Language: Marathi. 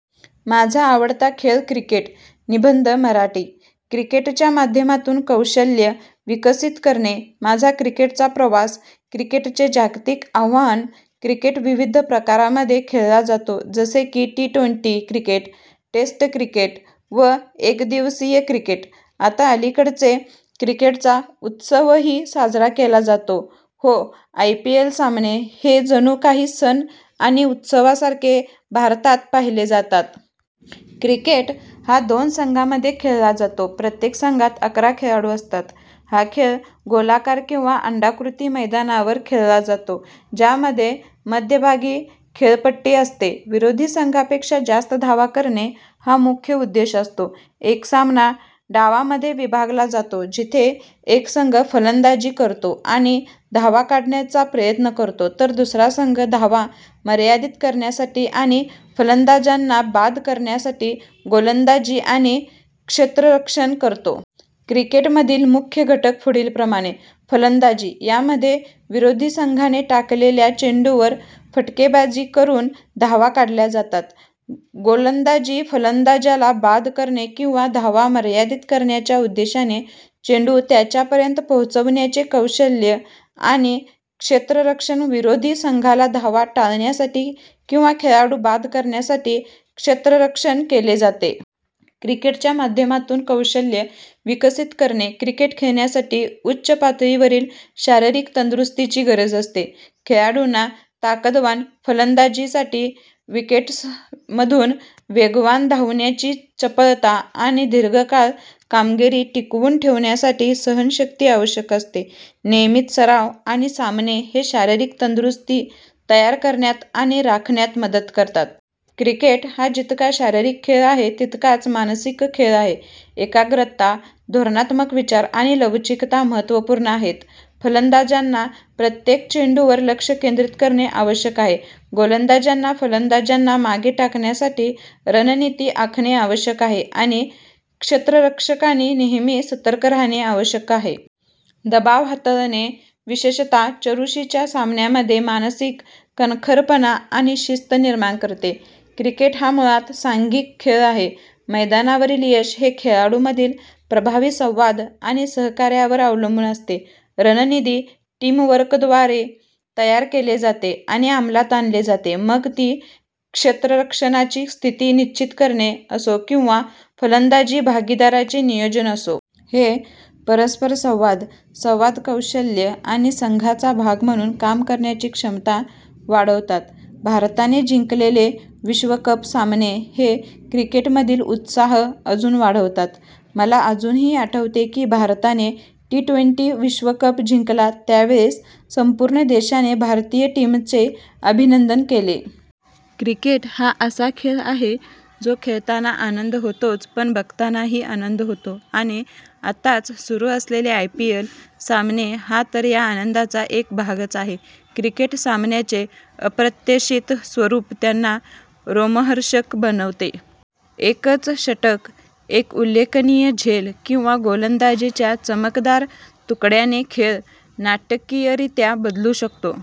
माझा आवडता खेळ क्रिकेट निबंध मराठी, क्रिकेटच्या माध्यमातून कौशल्ये विकसित करणे, माझा क्रिकेटचा प्रवास, क्रिकेटचे जागतिक आवाहन, क्रिकेट विविध प्रकारांमध्ये खेळला जातो जसे की T twenty cricket, test cricket व एकदिवसीय क्रिकेट. आता अलीकडेच क्रिकेटचा उत्सवही साजरा केला जातो, हो आयपीएल सामने, हे जणू काही सण आणि उत्सवासारखे भारतात पाहिले जातात. क्रिकेट हा दोन संघांमध्ये खेळला जातो, प्रत्येक संघात अकरा खेळाडू असतात, हा खेळ गोलाकार किंवा अंडाकृती मैदानावर खेळला जातो, ज्यामध्ये मध्यभागी खेळपट्टी असते. विरोधी संघापेक्षा जास्त धावा करणे हा मुख्य उद्देश असतो. एक सामना डावांमध्ये विभागला जातो, जिथे एक संघ फलंदाजी करतो आणि धावा काढण्याचा प्रयत्न करतो तर दुसरा संघ धावा मर्यादित करण्यासाठी आणि फलंदाजांना बाद करण्यासाठी गोलंदाजी आणि क्षेत्ररक्षण करतो. क्रिकेटमधील मुख्य घटक पुढीलप्रमाणे, फलंदाजी, यामध्ये विरोधी संघाने टाकलेल्या चेंडूवर फटकेबाजी करून धावा काढल्या जातात, गोलंदाजी, फलंदाजाला बाद करणे किंवा धावा मर्यादित करण्याच्या उद्देशाने चेंडू त्याच्यापर्यंत पोहोचविण्याचे कौशल्य, आणि क्षेत्ररक्षण, विरोधी संघाला धावा टाळण्यासाठी किंवा खेळाडू बाद करण्यासाठी क्षेत्ररक्षण केले जाते. क्रिकेटच्या माध्यमातून कौशल्ये विकसित करणे, क्रिकेट खेळण्यासाठी उच्च पातळीवरील शारीरिक तंदुरुस्तीची गरज असते. खेळाडूंना ताकदवान फलंदाजीसाठी, विकेट्समधून वेगवान धावण्याची चपळता आणि दीर्घकाळ कामगिरी टिकवून ठेवण्यासाठी सहनशक्ती आवश्यक असते. नियमित सराव आणि सामने हे शारीरिक तंदुरुस्ती तयार करण्यात आणि राखण्यात मदत करतात. क्रिकेट हा जितका शारीरिक खेळ आहे तितकाच मानसिक खेळ आहे. एकाग्रता, धोरणात्मक विचार आणि लवचिकता महत्त्वपूर्ण आहेत. फलंदाजांनी प्रत्येक चेंडूवर लक्ष केंद्रित करणे आवश्यक आहे, गोलंदाजांना फलंदाजांना मागे टाकण्यासाठी रणनीती आखणे आवश्यक आहे आणि क्षेत्ररक्षकांनी नेहमी सतर्क राहणे आवश्यक आहे. दबाव हाताळणे, विशेषत: चुरशीच्या सामन्यांमध्ये, मानसिक कणखरपणा आणि शिस्त निर्माण करते. क्रिकेट हा मुळात सांघिक खेळ आहे. मैदानावरील यश हे खेळाडूंमधील प्रभावी संवाद आणि सहकार्यावर अवलंबून असते. रणनीती टीमवर्कद्वारे तयार केली जाते आणि अंमलात आणली जाते, मग ती क्षेत्ररक्षणाची स्थिती निश्चित करणे असो किंवा फलंदाजी भागीदारीचे नियोजन असो. हे परस्परसंवाद संवाद कौशल्ये आणि संघाचा भाग म्हणून काम करण्याची क्षमता वाढवतात. भारताने जिंकलेले विश्वकप सामने हे क्रिकेटमधील उत्साह अजून वाढवतात, मला अजूनही आठवते की भारताने टी ट्वेंटी विश्वकप जिंकला त्यावेळेस संपूर्ण देशाने भारतीय टीमचे अभिनंदन केले. क्रिकेट हा असा खेळ आहे जो खेळताना आनंद होतोच पण बघतानाही आनंद होतो, आणि आताच सुरू असलेले आयपीएल सामने हा तर या आनंदाचा एक भागच आहे. क्रिकेट सामन्यांचे अप्रत्याशित स्वरूप त्यांना रोमहर्षक बनवते. एकच षटक, एक उल्लेखनीय झेल किंवा गोलंदाजीच्या चमकदार तुकड्याने खेळ नाटकीयरित्या बदलू शकतो.